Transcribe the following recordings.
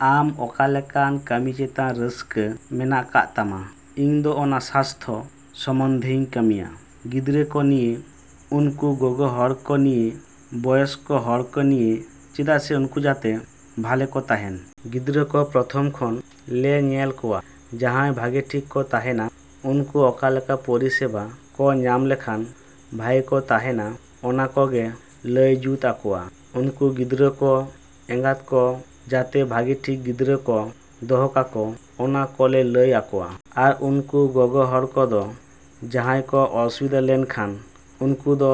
‎ᱟᱢ ᱚᱠᱟ ᱞᱮᱠᱟᱱ ᱠᱟᱹᱢᱤ ᱪᱮᱛᱟᱱ ᱨᱟᱹᱥᱠᱟᱹ ᱢᱮᱱᱟᱜ ᱠᱟᱜ ᱛᱟᱢᱟ? ᱤᱧ ᱫᱚ ᱚᱱᱟ ᱥᱟᱥᱛᱷᱚ ᱥᱚᱢᱚᱱᱫᱷᱮᱧ ᱠᱟᱹᱢᱤᱭᱟ, ᱜᱤᱫᱽᱨᱟᱹ ᱠᱚ ᱱᱤᱭᱮ, ᱩᱱᱠᱩ ᱜᱚᱜᱚ ᱦᱚᱲ ᱠᱚ ᱱᱤᱭᱮ, ᱵᱚᱭᱚᱥᱠᱚ ᱠᱚ ᱱᱤᱭᱮ᱾ ᱪᱮᱫᱟᱜ ᱥᱮ ᱩᱱᱠᱩ ᱡᱟᱛᱮ ᱵᱷᱟᱞᱮ ᱠᱚ ᱛᱟᱦᱮᱱ᱾ ᱜᱤᱫᱽᱨᱟᱹ ᱠᱚ ᱯᱨᱚᱛᱷᱚᱢ ᱠᱷᱚᱱ ᱞᱮ ᱧᱮᱞ ᱠᱚᱣᱟ ᱡᱟᱦᱟᱸᱭ ᱵᱷᱟᱹᱜᱮ ᱴᱷᱤᱠ ᱠᱚ ᱛᱟᱦᱮᱱᱟ᱾ ᱩᱱᱠᱩ ᱚᱠᱟ ᱞᱮᱠᱟ ᱯᱚᱨᱤᱥᱮᱵᱟ ᱠᱚ ᱧᱟᱢ ᱞᱮᱠᱷᱟᱱ ᱵᱷᱟᱜᱮ ᱠᱚ ᱛᱟᱦᱮᱱᱟ, ᱚᱱᱟ ᱠᱚᱜᱮ ᱞᱟᱹᱭ ᱡᱩᱛ ᱟᱠᱚᱣᱟ᱾ ᱩᱱᱠᱩ ᱜᱤᱫᱽᱨᱟᱹ ᱠᱚ ᱮᱸᱜᱟᱛ ᱠᱚ ᱡᱟᱛᱮ ᱵᱷᱟᱜᱮ ᱴᱷᱤᱠ ᱜᱤᱫᱽᱨᱟᱹ ᱠᱚ ᱫᱚᱦᱚ ᱠᱟᱠᱚ, ᱚᱱᱟ ᱠᱚᱞᱮ ᱞᱟᱹᱭ ᱟᱠᱚᱣᱟ᱾ ᱟᱨ ᱩᱱᱠᱩ ᱜᱚᱜᱚ ᱦᱚᱲ ᱠᱚᱫᱚ ᱡᱟᱦᱟᱸᱭ ᱠᱚ ᱚᱥᱤᱵᱤᱫᱷᱟ ᱞᱮᱱᱠᱷᱟᱱ ᱩᱱᱠᱩ ᱫᱚ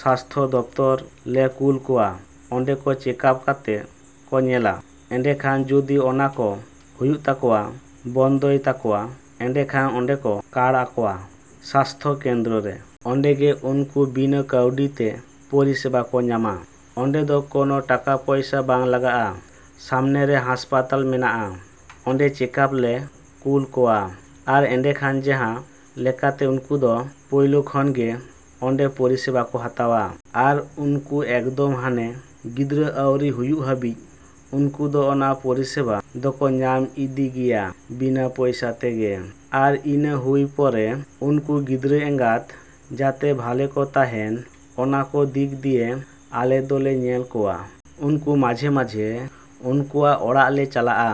ᱥᱟᱥᱛᱷᱚ ᱠᱮᱱᱫᱨᱚ ᱞᱮ ᱠᱩᱞ ᱠᱚᱣᱟ᱾ ᱚᱸᱰᱮ ᱠᱚ ᱪᱮᱠᱟᱯ ᱠᱟᱛᱮᱫ ᱠᱚ ᱧᱮᱞᱟ᱾ ᱮᱸᱰᱮᱠᱷᱟᱱ ᱡᱩᱫᱤ ᱚᱱᱟ ᱠᱚ ᱦᱩᱭᱩᱜ ᱛᱟᱠᱚᱣᱟ, ᱵᱚᱱᱫᱚᱜ ᱛᱟᱠᱚᱣᱟ, ᱮᱸᱰᱮᱠᱷᱟᱱ ᱚᱸᱰᱮ ᱠᱚ ᱠᱟᱲ ᱟᱠᱚᱣᱟ ᱥᱟᱥᱛᱷᱚ ᱠᱮᱫᱽᱨᱚ ᱨᱮ᱾ ᱚᱸᱰᱮᱜᱮ ᱩᱱᱠᱩ ᱵᱤᱱᱟᱹ ᱠᱟᱹᱣᱰᱤ ᱛᱮ ᱯᱚᱨᱤᱥᱮᱵᱟ ᱠᱚ ᱧᱟᱢᱟ᱾ ᱚᱸᱰᱮ ᱫᱚ ᱠᱚᱱᱚ ᱴᱟᱠᱟ ᱯᱚᱭᱥᱟ ᱵᱟᱝ ᱞᱟᱜᱟᱜᱼᱟ᱾ ᱥᱟᱢᱱᱮ ᱨᱮ ᱦᱚᱥᱯᱤᱴᱟᱞ ᱦᱮᱱᱟᱜᱼᱟ, ᱚᱸᱰᱮ ᱪᱮᱠᱟᱯ ᱞᱮ ᱠᱩᱞ ᱠᱚᱣᱟ᱾ ᱟᱨ ᱮᱸᱰᱮᱠᱷᱟᱱ ᱡᱟᱦᱟᱸ ᱞᱮᱠᱟᱛᱮ ᱩᱱᱠᱩ ᱫᱚ ᱯᱳᱭᱞᱳ ᱠᱷᱚᱱᱜᱮ ᱚᱸᱰᱮ ᱯᱚᱨᱤᱥᱮᱵᱟ ᱠᱚ ᱦᱟᱛᱟᱣᱟ᱾ ᱟᱨ ᱩᱱᱠᱩ ᱮᱠᱫᱚᱢ ᱦᱟᱱᱮ ᱜᱤᱫᱽᱨᱟᱹ ᱟᱹᱣᱨᱤ ᱦᱩᱭᱩᱜ ᱦᱟᱹᱨᱤᱡ ᱩᱱᱠᱩ ᱫᱚ ᱚᱱᱟ ᱯᱚᱨᱤᱥᱮᱵᱟ ᱫᱚᱠᱚ ᱧᱟᱢ ᱤᱫᱤ ᱜᱮᱭᱟ ᱵᱤᱱᱟᱹ ᱯᱚᱭᱥᱟ ᱛᱮᱜᱮ᱾ ᱟᱨ ᱤᱱᱟᱹ ᱦᱩᱭ ᱯᱚᱨᱮ ᱩᱱᱠᱩ ᱜᱤᱫᱽᱨᱟᱹ ᱮᱸᱜᱟᱛ ᱡᱟᱛᱮ ᱵᱷᱟᱞᱮ ᱠᱚ ᱛᱟᱦᱮᱱ, ᱚᱱᱟ ᱠᱚ ᱫᱤᱠ ᱫᱤᱭᱮ ᱟᱞᱮ ᱫᱚᱞᱮ ᱧᱮᱞ ᱠᱚᱣᱟ᱾ ᱩᱱᱠᱩ ᱢᱟᱡᱷᱮ ᱢᱟᱡᱷᱮ ᱩᱱᱠᱩᱣᱟᱜ ᱚᱲᱟᱜ ᱞᱮ ᱪᱟᱞᱟᱜᱼᱟ᱾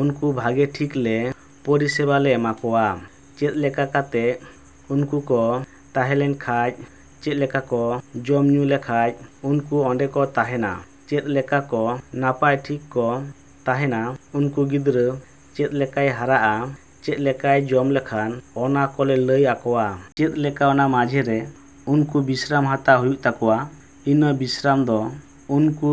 ᱩᱱᱠᱩ ᱵᱷᱟᱜᱮ ᱴᱷᱤᱠ ᱞᱮ ᱯᱚᱨᱤᱥᱮᱵᱟ ᱞᱮ ᱮᱢᱟ ᱠᱚᱣᱟ᱾ ᱪᱮᱫ ᱞᱮᱠᱟ ᱠᱟᱛᱮᱜ ᱩᱱᱠᱩ ᱠᱚ ᱛᱟᱦᱮ ᱞᱮᱱᱠᱷᱟᱡ, ᱪᱮᱫ ᱞᱮᱠᱟ ᱠᱚ ᱡᱚᱢ ᱧᱩ ᱞᱮᱠᱷᱟᱱ ᱩᱱᱠᱩ ᱚᱸᱰᱮ ᱠᱚ ᱛᱟᱦᱮᱱᱟ, ᱪᱮᱫ ᱞᱮᱠᱟ ᱠᱚ ᱱᱟᱯᱟᱭ ᱴᱷᱤᱠ ᱠᱚ ᱛᱟᱦᱮᱱᱟ, ᱩᱱᱠᱩ ᱜᱤᱫᱽᱨᱟᱹ ᱪᱮᱫ ᱞᱮᱠᱟᱭ ᱦᱟᱨᱟᱜᱼᱟᱭ, ᱪᱮᱫ ᱞᱮᱠᱟᱭ ᱡᱚᱢ ᱞᱮᱠᱷᱟᱱ, ᱚᱱᱟ ᱠᱚᱞᱮ ᱞᱟᱹᱭ ᱟᱠᱚᱣᱟ᱾ ᱪᱮᱫ ᱞᱮᱠᱟ ᱚᱱᱟ ᱢᱟᱡᱷᱮᱨᱮ ᱩᱱᱠᱩ ᱵᱤᱥᱨᱟᱢ ᱦᱟᱛᱟᱣ ᱦᱩᱭᱩᱜ ᱛᱟᱠᱚᱣᱟ᱾ ᱤᱱᱟᱹ ᱵᱤᱥᱨᱟᱢ ᱫᱚ ᱩᱱᱠᱩ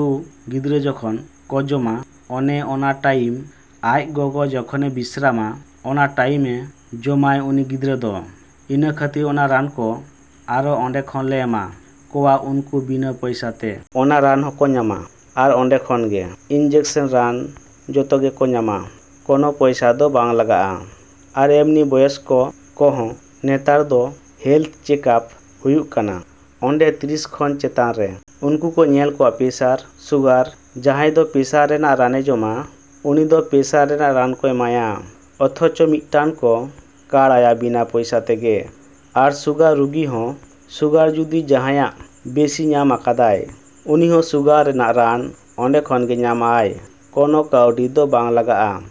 ᱜᱤᱫᱽᱨᱟᱹ ᱡᱚᱠᱷᱚᱱ ᱠᱚ ᱡᱚᱢᱟ, ᱚᱱᱮ ᱚᱱᱟ ᱴᱟᱭᱤᱢ ᱟᱡ ᱜᱚᱜᱚ ᱡᱚᱠᱷᱚᱱᱮ ᱵᱤᱥᱨᱟᱢᱟ, ᱚᱱᱟ ᱴᱟᱭᱤᱢᱮ ᱡᱚᱢᱟᱭ ᱩᱱᱤ ᱜᱤᱫᱽᱨᱟᱹ ᱫᱚ᱾ ᱤᱱᱟᱹ ᱠᱷᱟᱹᱛᱤᱨ ᱚᱱᱟ ᱨᱟᱱ ᱠᱚ ᱟᱨᱚ ᱚᱸᱰᱮ ᱠᱷᱚᱱ ᱞᱮ ᱮᱢᱟ ᱠᱚᱣᱟ ᱩᱱᱠᱩ ᱵᱤᱱᱟᱹ ᱯᱚᱭᱥᱟ ᱛᱮ᱾ ᱚᱱᱟ ᱨᱟᱱ ᱦᱚᱸᱠᱚ ᱧᱟᱢᱟ᱾ ᱟᱨ ᱚᱸᱰᱮ ᱠᱷᱚᱱ ᱜᱮ ᱤᱱᱡᱮᱠᱥᱮᱱ ᱨᱟᱱ ᱡᱚᱛᱚ ᱜᱮᱠᱚ ᱧᱟᱢᱟ, ᱠᱚᱱᱚ ᱯᱚᱭᱥᱟ ᱫᱚ ᱵᱟᱝ ᱞᱟᱜᱟᱜᱼᱟ᱾ ᱟᱨ ᱮᱢᱱᱤ ᱵᱚᱭᱚᱥᱠᱚ ᱠᱚᱦᱚᱸ ᱱᱮᱛᱟᱨ ᱫᱚ ᱦᱮᱞᱛᱷ ᱪᱮᱠᱟᱯ ᱦᱩᱭᱩᱜ ᱠᱟᱱᱟ ᱚᱸᱰᱮ ᱛᱤᱨᱤᱥ ᱠᱷᱚᱱ ᱪᱮᱛᱟᱱ ᱨᱮ᱾ ᱩᱱᱠᱩ ᱠᱚ ᱧᱮᱞ ᱠᱚᱣᱟ ᱯᱮᱥᱟᱨ, ᱥᱩᱜᱟᱨ, ᱡᱟᱦᱟᱸᱭ ᱫᱚ ᱯᱮᱥᱟᱨ ᱨᱮᱱᱟᱜ ᱨᱟᱱᱮ ᱡᱚᱢᱟ, ᱩᱱᱤ ᱫᱚ ᱯᱮᱥᱟᱨ ᱨᱮᱱᱟᱜ ᱨᱟᱱ ᱠᱚ ᱮᱢᱟᱭᱟ, ᱚᱛᱷᱚᱪᱚ ᱢᱤᱫᱴᱟᱱ ᱠᱚ ᱠᱟᱲ ᱟᱭᱟ ᱵᱤᱱᱟᱹ ᱯᱚᱭᱥᱟ ᱛᱮᱜᱮ᱾ ᱟᱨ ᱥᱩᱜᱟᱨ ᱨᱩᱜᱤ ᱦᱚᱸ ᱥᱩᱜᱟᱨ ᱡᱩᱫᱤ ᱡᱟᱦᱟᱸᱭᱟᱜ ᱵᱮᱥᱤ ᱧᱟᱢ ᱠᱟᱫᱟᱭ, ᱩᱱᱤ ᱦᱚᱸ ᱥᱩᱜᱟᱨ ᱨᱮᱱᱟᱜ ᱨᱟᱱ ᱚᱸᱰᱮ ᱠᱷᱚᱱᱜᱮ ᱧᱟᱢ ᱟᱭ, ᱠᱳᱱᱳ ᱠᱟᱹᱣᱰᱤ ᱫᱚ ᱵᱟᱝ ᱞᱟᱜᱟᱜᱼᱟ᱾।